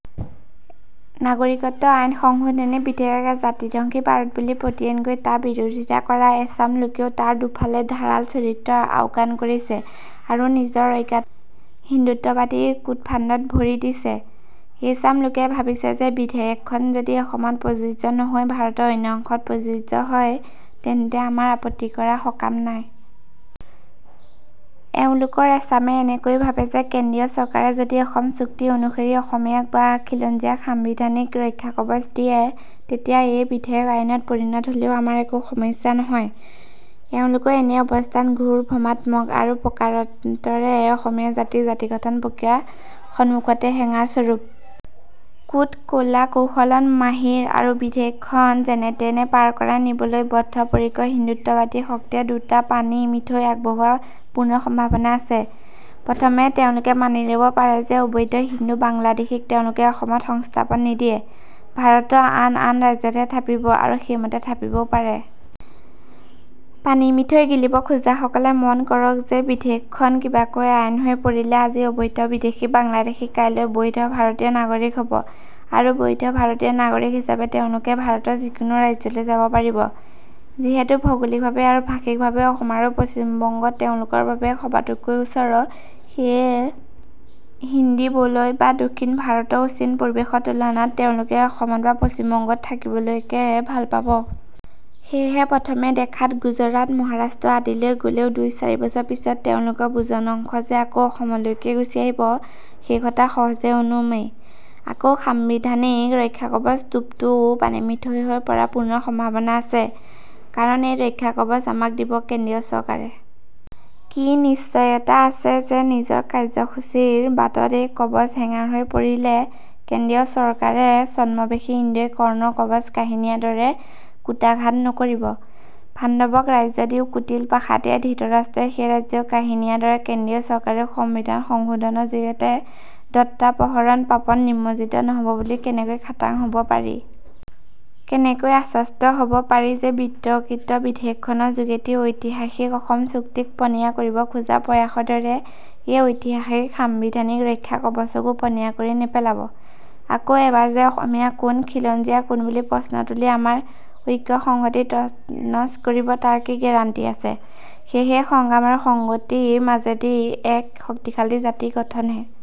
নাগৰিকত্ব আইন সংশোধনী বিধেয়ক এক জাতিধ্বংসী বাৰুদ বুলি পতিয়ন গৈ তাৰ বিৰোধিতা কৰা এচাম লোকেও তাৰ দুফালে ধাৰাল চৰিত্ৰ আওকাণ কৰিছে আৰু নিজৰ অজ্ঞাতে হিন্দুত্ববাদীৰ কূটফান্দত ভৰি দিছে। এইচাম লোকে ভাবিছে যে বিধেয়কখন যদি অসমত প্ৰযোজ্য নহৈ ভাৰতৰ অন্য অংশত প্ৰযোজ্য হয় তেন্তে আমাৰ আপত্তি কৰাৰ সকাম নাই। এওঁলোকৰ এচামে এনেকৈয়ো ভাবে যে কেন্দ্ৰীয় চৰকাৰে যদি অসম চুক্তি অনুসৰি অসমীয়াক বা খিলঞ্জীয়াক সাংবিধানিক ৰক্ষাকৱচ দিয়ে তেতিয়া এই বিধেয়ক আইনত পৰিণত হ'লেও আমাৰ একো সমস্যা নহয়। এওঁলোকৰ এনে অৱ্স্থান ঘোৰ ভ্ৰমাত্মক আৰু প্ৰকাৰান্তৰে অসমীয়া জাতিৰ জাতিগঠন প্ৰক্ৰিয়াৰ সমুখতো হেঙাৰস্বৰূপ। কূট কলাকৌশলত মাহিৰ আৰু বিধেয়কখন যেনেতেনে পাৰ কৰাই নিবলৈ বদ্ধপৰিকৰ হিন্দুত্ববাদী শক্তিয়ে দুটা পানীমিঠৈ আগ বঢ়োৱাৰ পূৰ্ণ সম্ভাৱনা আছে। প্ৰথমে তেওঁলোকে মানি ল'ব পাৰে যে অবৈধ হিন্দু বাংলাদেশীক তেওঁলোকে অসমত সংস্থাপন নিদিয়ে, ভাৰতৰ আন আন ৰাজ্যতহে থাপিব আৰু সেইমতে থাপিবও পাৰে। পানীমিঠৈ গিলিব খোজাসকলে মন কৰক যে বিধেয়কখন কিবাকৈ আইন হৈ পৰিলে আজিৰ অবৈধ বিদেশী বাংলাদেশী কাইলৈ বৈধ ভাৰতীয় নাগৰিক হ'ব আৰু বৈধ ভাৰতীয় নাগৰিক হিচাপে তেওঁলোকে ভাৰতৰ যিকোনো ৰাজ্যলৈ যাব পাৰিব। যিহেতু ভৌগোলিকভাৱে আৰু ভাষিকভাৱেও অসম আৰু পশ্চিম বংগ তেওঁলোকৰ বাবে সবাতোকৈ ওচৰৰ, সেয়ে হিন্দী বলয় বা দক্ষিণ ভাৰতৰ অচিন পৰিৱেশৰ তুলনাত তেওঁলোকে অসমত বা পশ্চিম বংগত থাকিবলৈকে ভাল পাব। সেয়েহে প্ৰথমে দেখাত গুজৰাট, মহাৰাষ্ট্ৰ আদিলৈ গলেও দুই-চাৰি বছৰ পিছত তেওঁলোকৰ বুজন অংশ যে আকৌ অসমলৈকেই গুছি আহিব সেইকথা সহজেই অনুমেয়। আকৌ সাংবিধানিক ৰক্ষাকৱচ টোপটোও পানীমিঠৈ হৈ পৰাৰ পূৰ্ণ সম্ভাৱনা আছে। কাৰণ এই ৰক্ষাকৱচ আমাক দিব কেন্দ্ৰীয় চৰকাৰে। কি নিশ্চয়তা আছে যে নিজৰ কাৰ্যসূচীৰ বাটত এই কৱচ হেঙাৰ হৈ পৰিলে কেন্দ্ৰীয় চৰকাৰে ছদ্মবেশী ইন্দ্ৰই কৰ্ণৰ কৱচ কাঢ়ি নিয়াৰ দৰে কূটাঘাত নকৰিব? পাণ্ডৱক ৰাজ্য দিও কুটিল পাশাটিৰে ধৃতৰাষ্ট্ৰই সেই ৰাজ্য কাঢ়ি নিয়াৰ দৰে কেন্দ্ৰীয় চৰকাৰেও সংবিধান সংশোধনৰ জৰিয়তে দত্তাপহৰণ পাপত নিমজ্জিত নহব বুলি কেনেকৈ খাটাং হ'ব পাৰি? কেনেকৈ আশ্বস্ত হ'ব পাৰি যে বিতৰ্কিত বিধেয়কখনৰ যোগেদি ঐতিহাসিক অসম চুক্তিক পনীয়া কৰিব খোজা প্ৰয়াসৰ দৰে এই ঐতিহাসিক সাংবিধানিক ৰক্ষাকৱচকো পনীয়া কৰি নেপেলাব? আকৌ এবাৰ যে অসমীয়া কোন, খিলঞ্জীয়া কোন বুলি প্ৰশ্ন তুলি আমাৰ ঐক্য-সংহতি তছনছ নকৰিব তাৰ কি গেৰাণ্টি আছে? সেয়েহে সংগ্ৰাম আৰু সংহতিৰ মাজেদি এক শক্তিশালী জাতিগঠনেহে